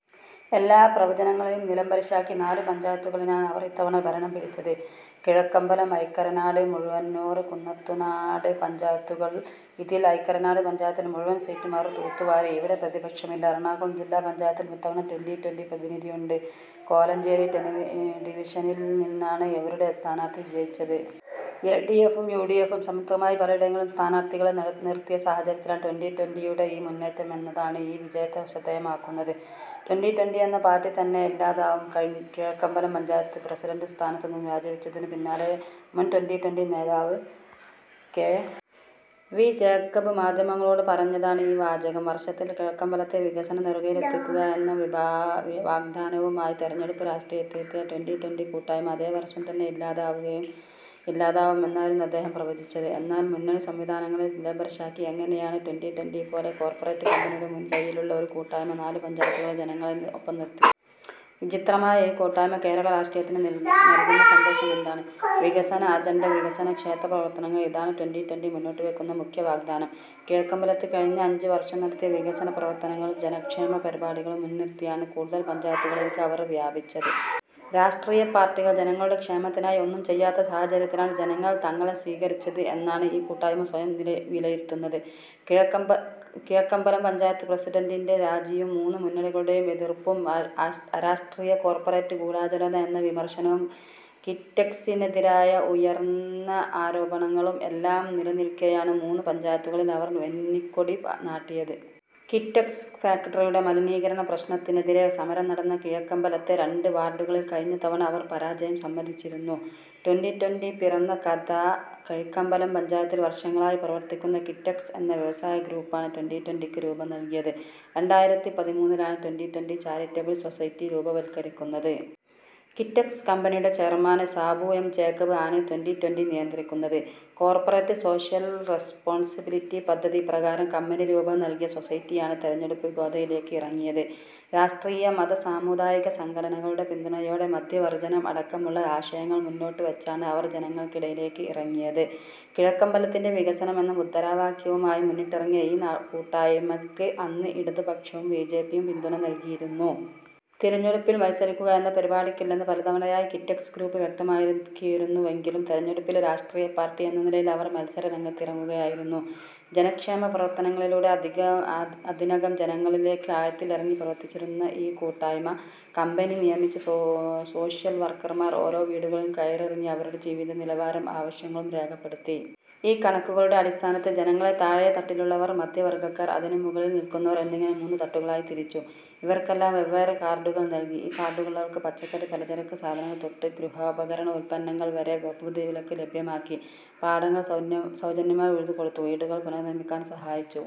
എല്ലാ പ്രവചനങ്ങളെയും നിലംപരിശാക്കി, നാലു പഞ്ചായത്തുകളിലാണ് അവര്‍ ഇത്തവണ ഭരണം പിടിച്ചത്. കിഴക്കമ്പലം, ഐക്കരനാട്, മഴുവന്നൂര്‍, കുന്നത്തുനാട പഞ്ചായത്തുകള്‍. ഇതില്‍ ഐക്കരനാട് പഞ്ചായത്തില്‍ മുഴുവന്‍ സീറ്റും അവര്‍ തൂത്തു വാരി. ഇവിടെ പ്രതിപക്ഷമില്ല. എറണാകുളം ജില്ലാ പഞ്ചായത്തിലും ഇത്തവണ ട്വന്റി ട്വന്റി പ്രതിനിധിയുണ്ട്. കോലഞ്ചേരി ഡിവിഷനില്നിന്നാണ് അവരുടെ സ്ഥാനാര്‍ത്ഥി വിജയിച്ചത്. എല് ഡി എഫും യു ഡി എഫും സംയുക്തമായി പലയിടങ്ങളിലും സ്ഥാനാര്‍ത്ഥികളെ നിര്‍ത്തിയ സാഹചര്യത്തിലാണ് ട്വന്റി ട്വന്റി യുടെ ഈ മുന്നേറ്റം എന്നതാണ് ഈ വിജയത്തെ ശ്രദ്ധേയമാക്കുന്നത്. ട്വന്റി ട്വന്റി എന്ന പാര്‍ട്ടി തന്നെ ഇല്ലാതാവും''കിഴക്കമ്പലം പഞ്ചായത്ത് പ്രസിഡന്‍റ് സ്ഥാനത്തുനിന്നും രാജിവെച്ചതിനു പിന്നാലെ മുന്‍ ട്വന്റി ട്വന്റി നേതാവ് കെ. വി ജേക്കബ് മാധ്യമങ്ങളോട് പറഞ്ഞതാണ് ഈ വാചകം. വര്‍ഷത്തില്‍ കിഴക്കമ്പലത്തെ വികസന നെറുകയിലെത്തിക്കുക എന്ന വാഗ്ദാനവുമായി തെരഞ്ഞെടുപ്പ് രാഷ്ട്രീയത്തിലെത്തിയ ട്വന്റി ട്വന്റി കൂട്ടായ്മ അതേ വര്‍ഷം തന്നെ ഇല്ലാതാവും എന്നായിരുന്നു അദ്ദേഹം പ്രവചിച്ചത്. എന്നാല്‍. മുന്നണി സംവിധാനങ്ങളെ നിലംപരിശാക്കി എങ്ങനെയാണ് ട്വന്റി ട്വന്റി പോലെ കോർപ്പറേറ്റ് കമ്പനിയുടെ മുൻ കൈയിലുള്ള ഒരു കൂട്ടായ്മ നാലു പഞ്ചായത്തുകളിലെ ജനങ്ങളെ ഒപ്പം നിര്‍ത്തിയത്? വിചിത്രമായ ഈ കൂട്ടായ്മ കേരള രാഷ്ട്രീയത്തിന് നല്കുന്ന സന്ദേശം എന്താണ്? വികസന അജണ്ട വികസനം, ക്ഷേമപ്രവർത്തനങ്ങൾ. ഇതാണ് ട്വന്റി ട്വന്റി മുന്നോട്ടുവെയ്ക്കുന്ന മുഖ്യ വാഗ്ദാനം. കിഴക്കമ്പലത്ത് കഴിഞ്ഞ അഞ്ച് വര്‍ഷം നടത്തിയ വികസന പ്രവര്‍ത്തനങ്ങളും ജനക്ഷേമ പരിപാടികളും മുന്നിര്‍ത്തിയാണ് കൂടുതല്‍ പഞ്ചായത്തുകളിലേക്ക് അവര്‍ വ്യാപിച്ചത്. രാഷ്ട്രീയ പാര്‍ട്ടികള്‍ ജനങ്ങളുടെ ക്ഷേമത്തിനായി ഒന്നും ചെയ്യാത്ത സാഹചര്യത്തിലാണ് ജനങ്ങള്‍ തങ്ങളെ സ്വീകരിച്ചത് എന്നാണ് ഈ കൂട്ടായ്മ സ്വയം വിലയിരുത്തുന്നത്. കിഴക്കമ്പലം പഞ്ചായത്ത് പ്രസിഡന്‍റിന്‍റെ രാജിയും മൂന്ന് മുന്നണികളുടെയും എതിര്‍പ്പും അരാഷ്ട്രീയ കോര്‍പ്പറേറ്റ് ഗൂഢാലോചന എന്ന വിമര്‍ശനവും കിറ്റെക്സിനെതിരായി ഉയര്‍ന്ന ആരോപണങ്ങളും എല്ലാം നിലനില്‍ക്കെയാണ് മൂന്ന് പഞ്ചായത്തുകളില്‍ അവര്‍ വെന്നിക്കൊടി നാട്ടിയത്. കിറ്റക്സ് ഫാക്റിയുടെ മലിനീകരണ പ്രശ്നത്തിനെതിരെ സമരം നടന്ന കിഴക്കമ്പലത്തെ രണ്ട് വാര്‍ഡുകളില്‍ കഴിഞ്ഞ തവണ അവര്‍ പരാജയം സമ്മതിച്ചിരുന്നു. ട്വന്റി ട്വന്റി പിറന്ന കഥ കിഴക്കമ്പലം പഞ്ചായത്തില്‍ വര്‍ഷങ്ങളായി പ്രവര്‍ത്തിക്കുന്ന കിറ്റക്സ് എന്ന വ്യവസായ ഗ്രൂപ്പാണ് ട്വന്റി ട്വന്റിക്ക് രൂപം നല്കിയത്. രണ്ടായിരത്തി പതിമൂന്നിലാണ് ട്വന്റി ട്വന്റി ചാരിറ്റബിള്‍ സൊസൈറ്റി രൂപവത്കരിക്കുന്നത്. കിറ്റക്സ് കമ്പനിയുടെ ചെയര്‍മാന് സാബു എം ജേക്കബ് ആണ് ട്വന്റി ട്വന്റി നിയന്ത്രിക്കുന്നത്. കോർപ്പറേറ്റ് സോഷ്യല്‍ റെസ്പോൺസിബിലിറ്റി പദ്ധതി പ്രകാരം കമ്പനി രൂപം നല്കിയ സൊസൈറ്റിയാണ് തെരഞ്ഞെടുപ്പ് ഗോദയിലേക്ക് ഇറങ്ങിയത്. രാഷ്ട്രീയ-മത-സാമുദായിക സംഘടനകളുടെ പിന്തുണയോടെ മദ്യവർജ്ജനം അടക്കമുള്ള ആശയങ്ങള്‍ മുന്നോട്ടുവെച്ചാണ് അവര്‍ ജനങ്ങൾക്കിടയിലേക്ക് ഇറങ്ങിയത്. കിഴക്കമ്പലത്തിന്റെ വികസനം എന്ന മുദ്രാവാക്യവുമായി മുന്നിട്ടിറങ്ങിയ ഈ കൂട്ടായ്മക്ക് അന്ന് ഇടതുപക്ഷവും ബിജെപിയും പിന്തുണ നല്കിയിരുന്നു. തെരഞ്ഞെടുപ്പില്‍ മത്സരിക്കുക എന്ന പരിപാടിക്കില്ലെന്ന് പലതവണയായി കിറ്റക്സ് ഗ്രൂപ്പ് വ്യക്തമാക്കിയിരുന്നുവെങ്കിലും തെരഞ്ഞെടുപ്പില് രാഷ്ട്രീയ പാര്‍ട്ടി എന്ന നിലയില്‍ അവര്‍ മത്സര രംഗത്തിറങ്ങുകയായിരുന്നു. ജനക്ഷേമ പ്രവര്‍ത്തനങ്ങളിലൂടെ അതിനകം ജനങ്ങളിലേക്ക് ആഴത്തില്‍ ഇറങ്ങി പ്രവര്‍ത്തിച്ചിരുന്നു ഈ കൂട്ടായ്മ. കമ്പനി നിയമിച്ച സോഷ്യല്‍ വർക്കർമാർ ഓരോ വീടുകളും കയറിയിറങ്ങി അവരുടെ ജീവിതനിലവാരവും ആവശ്യങ്ങളും രേഖപ്പെടുത്തി. ഈ കണക്കുകളുടെ അടിസ്ഥാനത്തില്‍ ജനങ്ങളെ താഴെ തട്ടിലുള്ളവർ, മധ്യവർഗക്കാർ, അതിനും മുകളില്‍ നില്‍ക്കുന്നവര്‍ എന്നിങ്ങനെ മൂന്നു തട്ടുകളായി തിരിച്ചു. ഇവർക്കെല്ലാം വെവ്വേറെ കാര്‍ഡുകള്‍ നല്‍കി. ഈ കാർഡുഉള്ളവര്‍ക്ക് പച്ചക്കറി-പലചരക്ക് സാധനങ്ങള്‍ തൊട്ട് ഗൃഹോപകരണ ഉത്പന്നങ്ങള്‍ വരെ പകുതി വിലയ്ക്കു ലഭ്യമാക്കി. പാടങ്ങള്‍ സൗജന്യമായി ഉഴുതു കൊടുത്തു. വീടുകള്‍ പുനർനിര്‍മിക്കാന്‍ സഹായിച്ചു.